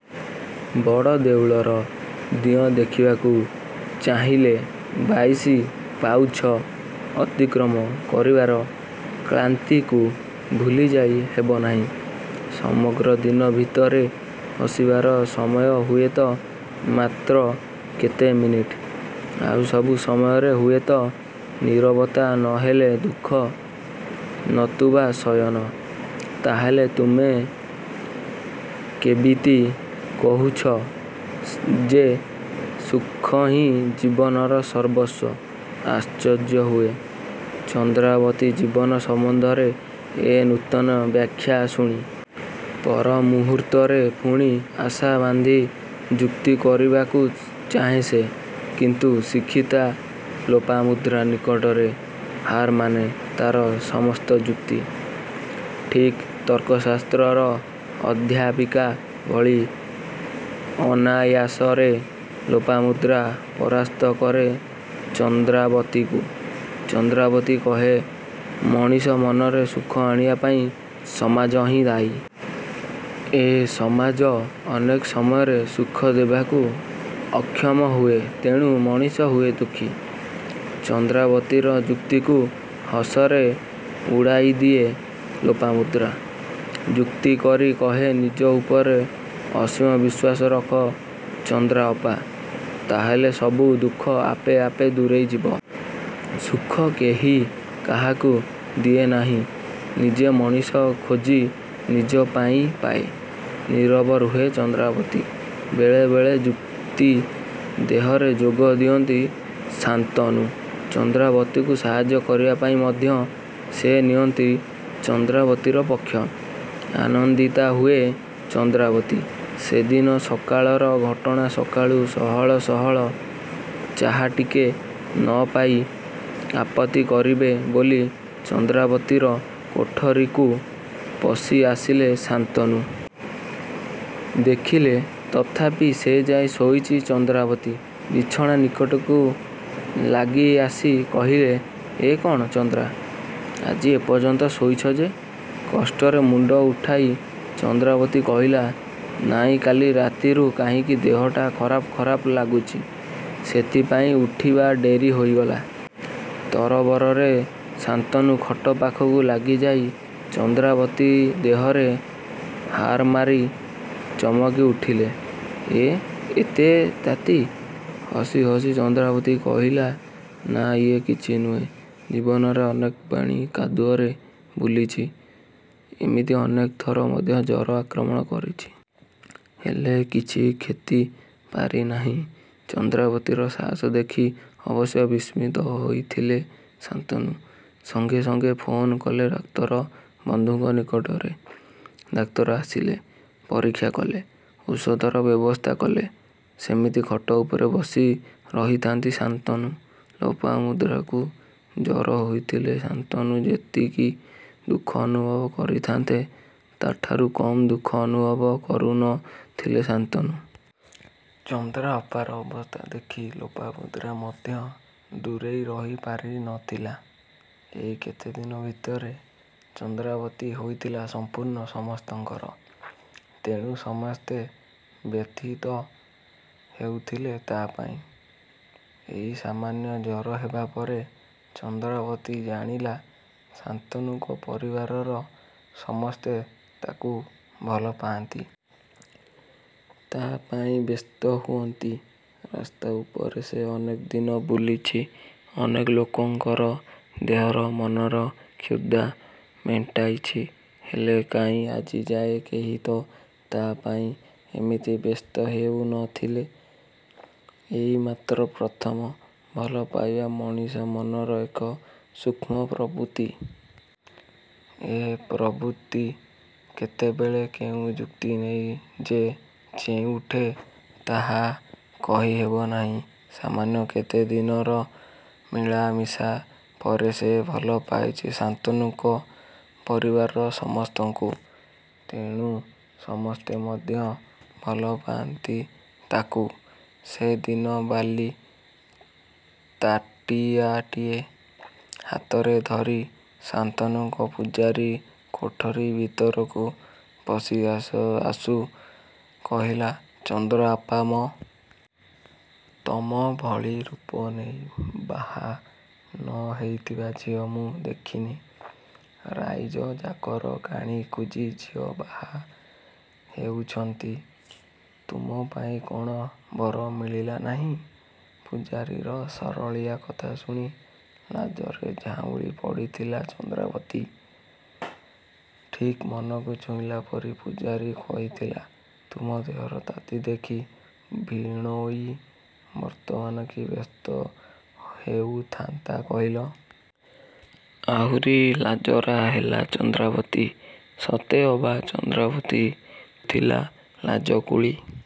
ବଡ଼ ଦେଉଳର ଦିଅଁ ଦେଖିବାକୁ ଚାହିଁଲେ ବାଇଶି ପାଉଛ ଅତିକ୍ରମ କରିବାର କ୍ଳାନ୍ତିକୁ ଭୁଲିଯାଇ ହେବନାହିଁ। ସମଗ୍ର ଦିନ ଭିତରେ ହସିବାର ସମୟ ହୁଏତ ମାତ୍ର କେତେ ମିନିଟ୍। ଆଉ ସବୁ ସମୟରେ ହୁଏତ ନୀରବତା ନ ହେଲେ ଦୁଃଖ ନତୁବା ଶୟନ। ତା'ହେଲେ ତୁମେ କେବିତି କହୁଛ ଯେ ସୁଖ ହିଁ ଜୀବନର ସର୍ବସ୍ୱ ଆଶ୍ଚର୍ଯ୍ୟ ହୁଏ ଚନ୍ଦ୍ରାବତୀ ଜୀବନ ସମ୍ୱନ୍ଧରେ ଏ ନୂତନ ବ୍ୟାଖ୍ୟା ଶୁଣି। ପର ମୁହୂର୍ତ୍ତରେ ପୁଣି ଆଶା ବାନ୍ଧି ଯୁକ୍ତି କରିବାକୁ ଚାହେଁ ସେ। କିନ୍ତୁ ଶିକ୍ଷିତା ଲୋପାମୁଦ୍ରା ନିକଟରେ ହାରମାନେ ତା'ର ସମସ୍ତ ଯୁକ୍ତି। ଠିକ୍ ତର୍କଶାସ୍ତ୍ରର ଅଧ୍ୟାପିକା ଭଳି ଅନାୟାସରେ ଲୋପାମୁଦ୍ରା ପରାସ୍ତ କରେ ଚନ୍ଦ୍ରାବତୀକୁ। ଚନ୍ଦ୍ରାବତୀ କହେ ମଣିଷ ମନରେ ସୁଖ ଆଣିବାପାଇଁ ସମାଜ ହିଁ ଦାୟୀ। ଏ ସମାଜ ଅନେକ ସମୟରେ ସୁଖ ଦେବାକୁ ଅକ୍ଷମ ହୁଏ ତେଣୁ ମଣିଷ ହୁଏ ଦୁଃଖୀ। ଚନ୍ଦ୍ରାବତୀର ଯୁକ୍ତିକୁ ହସରେ ଉଡ଼ାଇ ଦିଏ ଲୋପାମୁଦ୍ରା। ଯୁକ୍ତି କରି କହେ ନିଜ ଉପରେ ଅସୀମ ବିଶ୍ୱାସ ରଖ ଚନ୍ଦ୍ରାଅପା! ତା'ହେଲେ ସବୁ ଦୁଃଖ ଆପେ ଆପେ ଦୂରେଇ ଯିବ। ସୁଖ କେହି କାହାକୁ ଦିଏନାହିଁ ନିଜେ ମଣିଷ ଖୋଜି ନିଜ ପାଇଁ ପାଏ। '' ନୀରବ ରୁହେ ଚନ୍ଦ୍ରାବତୀ ବେଳେ ବେଳେ ଯୁକ୍ତି ଦେହରେ ଯୋଗ ଦିଅନ୍ତି ଶାନ୍ତନୁ। ଚନ୍ଦ୍ରାବତୀକୁ ସାହାଯ୍ୟ କରିବା ପାଇଁ ମଧ୍ୟ ସେ ନିଅନ୍ତି ଚନ୍ଦ୍ରାବତୀର ପକ୍ଷ। ଆନନ୍ଦିତା ହୁଏ ଚନ୍ଦ୍ରାବତୀ ସେଦିନ ସକାଳର ଘଟଣା ସକାଳୁ ସହଳ ସହଳ ଚାହାଟିକେ ନପାଇ ଆପତ୍ତି କରିବେ ବୋଲି ଚନ୍ଦ୍ରାବତୀର କୋଠରୀକୁ ପଶିଆସିଲେ ଶାନ୍ତନୁ। ଦେଖିଲେ ତଥାପି ସେଯାଏ ଶୋଇଛି ଚନ୍ଦ୍ରାବତୀ ବିଛଣା ନିକଟକୁ ଲାଗି ଆସି କହିଲେ''ଏ କ'ଣ ଚନ୍ଦ୍ରା, ଆଜି ଏ ପର୍ଯ୍ୟନ୍ତ ଶୋଇଛ ଯେ? '' କଷ୍ଟରେ ମୁଣ୍ତ ଉଠାଇ ଚନ୍ଦ୍ରାବତୀ କହିଲା ''ନାଁଇ କାଲି ରାତିରୁ କାହିଁକି ଦେହଟା ଖରାପ ଖରାପ ଲାଗୁଛି। ସେଇଥିପାଇଁ ଉଠିବା ଡେରି ହୋଇଗଲା। '' ତରବରରେ ଶାନ୍ତନୁ ଖଟ ପାଖକୁ ଲାଗିଯାଇ ଚନ୍ଦ୍ରାବତୀ ଦେହରେ ହାରମାରି ଚମକି ଉଠିଲେ''ଏଁ ଏତେ ତାତି? '' ହସି ହସି ଚନ୍ଦ୍ରାବତୀ କହିଲା ''ନାଁ ଇଏ କିଛି ନୁହେଁ। ଜୀବନରେ ଅନେକ ପାଣି କାଦୁଅରେ ବୁଲିଛି ଏମିତି ଅନେକ ଥର ମଧ୍ୟ ଜର ଆକ୍ରମଣ କରିଛି। ହେଲେ କିଛି କ୍ଷତି ପାରିନାହିଁ। '' ଚନ୍ଦ୍ରାବତୀର ସାହସ ଦେଖି ଅବଶ୍ୟ ବିସ୍ମିତ ହୋଇଥିଲେ ଶାନ୍ତନୁ। ସଙ୍ଗେ ସଙ୍ଗେ ଫୋନ କଲେ ଡାକ୍ତର ବନ୍ଧୁଙ୍କ ନିକଟରେ। ଡାକ୍ତର ଆସିଲେ। ପରୀକ୍ଷା କଲେ। ଔଷଧର ବ୍ୟବସ୍ଥା କଲେ। ସେମିତି ଖଟ ଉପରେ ବସି ରହିଥାନ୍ତି ଶାନ୍ତନୁ। ଲୋପାମୁଦ୍ରାକୁ ଜର ହୋଇଥିଲେ ଶାନ୍ତନୁ ଯେତିକି ଦୁଃଖ ଅନୁଭବ କରିଥାନ୍ତେ ତାଠାରୁ କମ୍ ଦୁଃଖ ଅନୁଭବ କରୁ ନ ଥିଲେ ଶାନ୍ତନୁ। ଚନ୍ଦ୍ରାଅପାର ଅବସ୍ଥା ଦେଖି ଲୋପାମୁଦ୍ରା ମଧ୍ୟ ଦୂରେଇ ରହି ପାରି ନ ଥିଲା। ଏଇ କେତେଦିନ ଭିତରେ ଚନ୍ଦ୍ରାବତୀ ହୋଇଥିଲା ସମ୍ପୂର୍ଣ୍ଣ ସମସ୍ତଙ୍କର। ତେଣୁ ସମସ୍ତେ ବ୍ୟଥିତ ହେଉଥିଲେ ତା' ପାଇଁ। ଏଇ ସମାନ୍ୟ ଜର ହେବାପରେ ଚନ୍ଦ୍ରାବତୀ ଜାଣିଲା ଶାନ୍ତନୁଙ୍କ ପରିବାରର ସମସ୍ତେ ତାକୁ ଭଲ ପାଆନ୍ତି। ତା' ପାଇଁ ବ୍ୟସ୍ତ ହୁଅନ୍ତି। ରାସ୍ତା ଉପରେ ସେ ଅନେକ ଦିନ ବୁଲିଛି। ଅନେକ ଲୋକଙ୍କର ଦେହର, ମନର କ୍ଷୁଧା ମେଣ୍ଟାଇଛି ହେଲେ କାହିଁ ଆଜିଯାଏ କେହି ତ ତା' ପାଇଁ ଏମିତି ବ୍ୟସ୍ତ ହେଉ ନ ଥିଲେ ଏଇମାତ୍ର ପ୍ରଥମ। ଭଲ ପାଇବା ମଣିଷ ମନର ଏକ ସୂକ୍ଷ୍ମ ପ୍ରବୃତ୍ତି। ଏ ପ୍ରବୃତ୍ତି କେତେବେଳେ କେଉଁ ଯୁକ୍ତି ନେଇ ଯେ ଚେଇଁ ଉଠେ ତାହା କହି ହେବ ନାହିଁ। ସମାନ୍ୟ କେତେଦିନର ମିଳାମିଶା ପରେ ସେ ଭଲ ପାଇଛି ଶାନ୍ତନୁଙ୍କ ପରିବାରର ସମସ୍ତଙ୍କୁ। ତେଣୁ ସମସ୍ତେ ମଧ୍ୟ ଭଲପାନ୍ତି ତାକୁ ସେଦିନ ବାଲି ତାଟିଆଟିଏ ହାତରେ ଧରି ଶାନ୍ତନୁଙ୍କ ପୂଝାରୀ କୋଠରୀ ଭିତରକୁ ପଶି ଆସ ଆସୁ କହିଲା ''ଚନ୍ଦ୍ରାଅପା ମ! ତମ ଭଳି ରୂପ ନେଇ ବାହା ନ ହେଇଥିବା ଝିଅ ମୁଁ ଦେଖିନି-। ରାଇଜ ଯାକର କାଣୀ କୁଜୀ ଝିଅ ବାହା ହେଉଛନ୍ତି ତୁମ ପାଇଁ କ'ଣ ବର ମିଳିଲା ନାହିଁ-? '' ପୂଝାରୀର ସରଳିଆ କଥା ଶୁଣି ଲାଜରେ ଝାଉଁଳି ପଡ଼ିଥିଲା ଚନ୍ଦ୍ରାବତୀ। ଠିକ୍ ମନକୁ ଛୁଇଁଲା ପରି ପୂଝାରୀ କହିଥିଲା''ତୁମ ଦେହର ତାତି ଦେଖି ଭିଣୋଇ ବର୍ତ୍ତମାନ କି ବ୍ୟସ୍ତ ହେଉଥାନ୍ତେ କହିଲ? '' ଆହୁରି ଲାଜରା ହେଲା ଚନ୍ଦ୍ରାବତୀ ସତେ ଅବା ଚନ୍ଦ୍ରାବତୀ ଥିଲା ଲାଜକୁଳୀ!